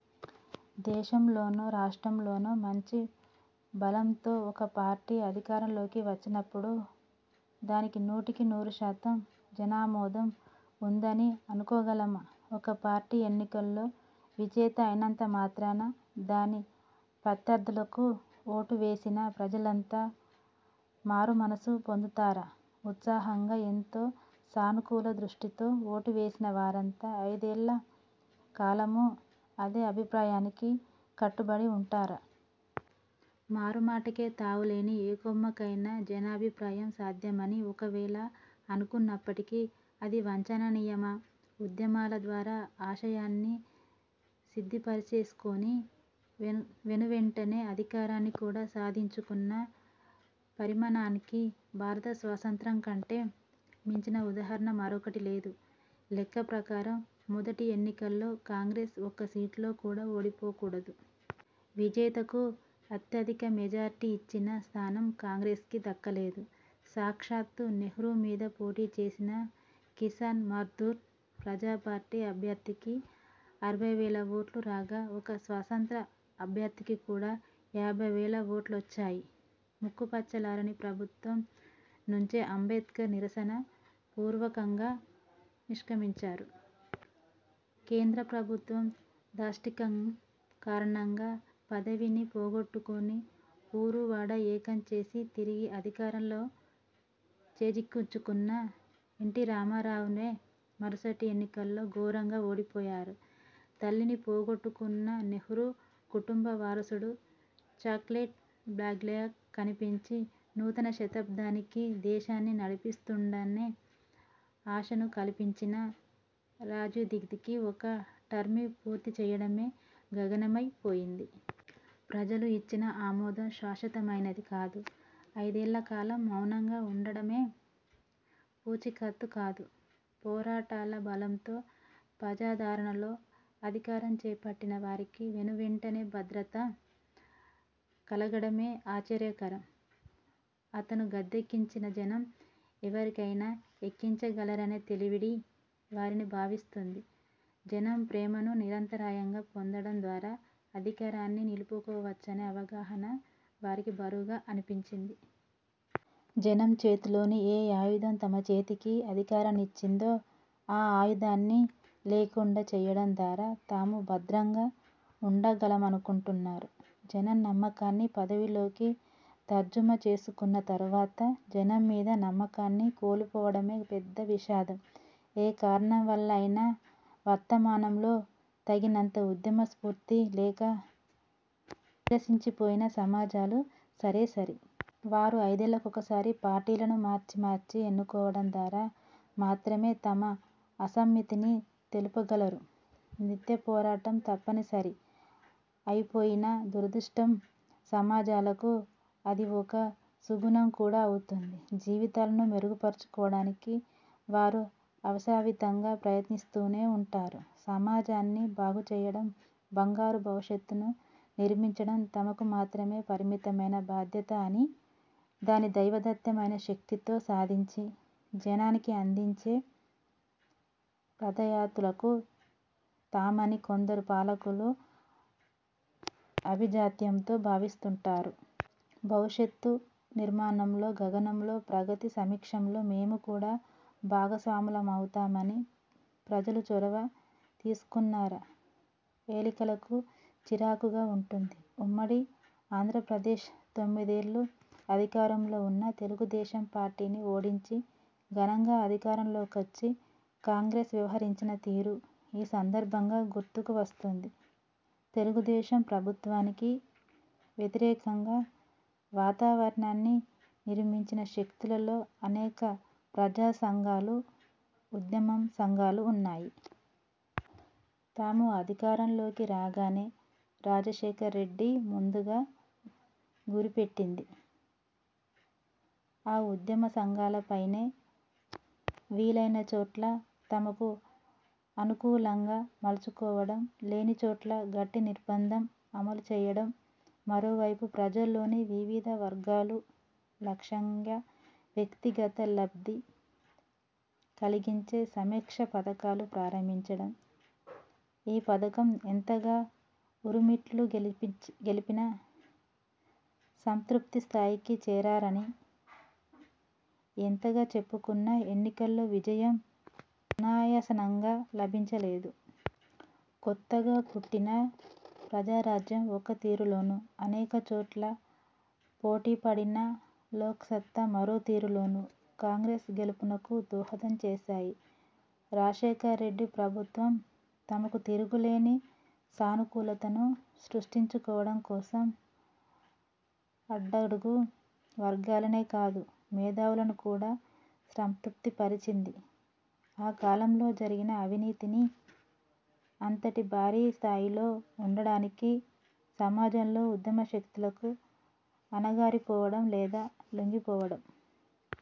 దేశంలోనో, రాష్ట్రంలోనో మంచి బలంతో ఒక పార్టీ అధికారంలోకి వచ్చినప్పుడు, దానికి నూటికి నూరు శాతం జనామోదం ఉన్నదని అనుకోగలమా? ఒక పార్టీ ఎన్నికలలో విజేత అయినంత మాత్రాన, దాని ప్రత్యర్థులకు ఓటు వేసిన ప్రజలంతా మారు మనసు పొందుతారా? ఉత్సాహంగా ఎంతో సానుకూల దృష్టితో ఓటు వేసిన వారంతా అయిదేళ్ల కాలమూ అదే అభిప్రాయానికి కట్టుబడి ఉంటారా? మారు మాటకే తావు లేని ఏకోన్ముఖమైన జనాభిప్రాయం సాధ్యమని ఒకవేళ అనుకున్నప్పటికీ, అది వాంఛనీయమా? ఉద్యమాల ద్వారా ఆశయాన్ని సిద్ధింపజేసుకుని, ఆ వెనువెంటనే అధికారాన్ని కూడా సాధించుకున్న పరిణామానికి భారత స్వాతంత్య్రం కంటే మించిన ఉదాహరణ మరొకటి దొరకదు. లెక్కప్రకారం మొదటి ఎన్నికల్లో కాంగ్రెస్ ఒక్క సీట్లో కూడా ఓడిపోకూడదు. విజేతకు అత్యధిక మెజారిటీ వచ్చిన స్థానం కాంగ్రెస్కు దక్కలేదు. సాక్షాత్తూ నెహ్రూ మీద పోటీచేసిన కిసాన్ మజ్దూర్ ప్రజాపార్టీ అభ్యర్థికి అరవై వేల ఓట్లు రాగా, ఒక స్వతంత్ర అభ్యర్థికి కూడా యాభై వేల ఓట్లొచ్చాయి. ముక్కుపచ్చలారని ప్రభుత్వం నుంచే అంబేడ్కర్ నిరసన పూర్వకంగా నిష్క్రమించారు. కేంద్రప్రభుత్వం దాష్టీకం కారణంగా పదవిని పోగొట్టుకుని, ఊరూవాడా ఏకం చేసి తిరిగి అధికారం చేజిక్కించుకున్న ఎన్టీరామారావే మరుసటి ఎన్నికల్లో ఘోరంగా ఓడిపోయారు. తల్లిని పోగొట్టుకున్న నెహ్రూ కుటుంబ వారసుడు, చాక్లెట్ బాయ్గా కనిపించి నూతన శతాబ్దిలోకి దేశాన్ని నడిపిస్తాడనే ఆశను కల్పించిన రాజీవ్గాంధీకి ఒక్క టర్మ్ పూర్తిచేయడమే గగనమై పోయింది. ప్రజలు ఇచ్చిన ఆమోదం శాశ్వతమైనదీ కాదు, అయిదేళ్ల కాలం మౌనంగా ఉంటామనే పూచీకత్తూ కాదు. పోరాటాల బలంతో, ప్రజాదరణతో అధికారం చేపట్టిన వారికి, వెనువెంటనే అభద్రత కలగడమే ఆశ్చర్యకరం. తనను గద్దెనెక్కించిన జనం ఎవరినైనా ఎక్కించగలరనే తెలివిడి వారిని బాధిస్తుంది. జనం ప్రేమను నిరంతరాయంగా పొందడం ద్వారా అధికారాన్ని నిలుపుకోవచ్చుననే అవగాహన వారికి బరువుగా అనిపిస్తుంది. జనం చేతిలోని ఏ ఆయుధం తమ చేతికి అధికారాన్నిచ్చిందో, ఆ ఆయుధాన్ని లేకుండా చేయడం ద్వారా తాము భద్రంగా ఉండగలమనుకుంటారు. జనం నమ్మకాన్ని పదవిలోకి తర్జుమా చేసుకున్న తరువాత జనం మీద నమ్మకాన్ని కోల్పోవడమే పెద్ద విషాదం. ఏ కారణం వల్ల అయినా వర్తమానంలో తగినంత ఉద్యమస్ఫూర్తి లేక నీరసించిపోయిన సమాజాలు సరేసరి. వారు ఐదేళ్లకొకసారి పార్టీలను మార్చి మార్చి ఎన్నుకోవడం ద్వారా మాత్రమే తమ అసమ్మతిని తెలుపగలరు. నిత్యపోరాటం తప్పనిసరి అయిపోయిన దురదృష్ట సమాజాలకు, అది ఒక సుగుణం కూడా అవుతుంది. జీవితాలను మెరుగుపరచుకోవడానికి వారు అవిశ్రాంతంగా ప్రయత్నిస్తూనే ఉంటారు. సమాజాన్ని బాగుచేయడం, బంగారు భవిష్యత్తును నిర్మించడం తమకు మాత్రమే పరిమితమైన బాధ్యత అని, దాన్ని దైవదత్తమైన శక్తితో సాధించి జనానికి అందించే ప్రదాతలము తామని కొందరు పాలకులు ఆభిజాత్యంతో భావిస్తుంటారు. భవిష్యత్తు నిర్మాణంలో, గమనంలో, ప్రగతి సమీక్షలో మేము కూడా భాగస్వాములమవుతామని ప్రజలు చొరవ తీసుకున్నారా, ఏలికలకు చిరాకుగా ఉంటుంది. ఉమ్మడి ఆంధ్రప్రదేశ్లో తొమ్మిదేళ్లు అధికారంలో ఉన్న తెలుగుదేశం పార్టీని ఓడించి, ఘనంగా అధికారంలోకి వచ్చిన కాంగ్రెస్ వ్యవహరించిన తీరు ఈ సందర్భంగా గుర్తుకు వస్తుంది. తెలుగుదేశం ప్రభుత్వానికి వ్యతిరేక వాతావరణాన్ని నిర్మించిన శక్తులలో అనేక ప్రజాసంఘాలు, ఉద్యమ సంఘాలు ఉన్నాయి. తాను అధికారంలోకి రాగానే, రాజశేఖరరెడ్డి ముందుగా గురిపెట్టింది, ఆ ఉద్యమసంఘాలపైనే. వీలయినచోట్ల తనకు అనుకూలంగా మలచుకోవడం, లేనిచోట్ల గట్టి నిర్బంధం అమలుచేయడం. మరోవైపు, ప్రజలలోని వివిధ వర్గాలు లక్ష్యంగా వ్యక్తిగత లబ్ధి కలిగించే సంక్షేమ పథకాలు ప్రారంభించడం. ఈ పథకాలు ఎంతగా మిరుమిట్లు గొలిపినా, సంతృప్తస్థాయికి చేరాయని ఎంతగా చెప్పుకున్నా, ఎన్నికలలో విజయం సునాయాసంగా లభించలేదు. కొత్తగా పుట్టిన ప్రజారాజ్యం ఒక తీరులోను, అనేక చోట్ల పోటీపడిన లోక్సత్తా మరొక తీరులోను, కాంగ్రెస్ గెలుపునకు దోహదం చేశాయి. రాజశేఖరరెడ్డి ప్రభుత్వం తనకు తిరుగులేని సానుకూలతను సృష్టించుకోవడం కోసం, అట్టడుగు వర్గాలనే కాదు, మేధావులను కూడా సంతృప్తిపరిచింది. ఆ కాలంలో జరిగిన అవినీతి అంతటి భారీ స్థాయిలో ఉండడానికి, సమాజంలో ఉద్యమశక్తులు అణగారిపోవడం, లేదా లొంగిపోవడం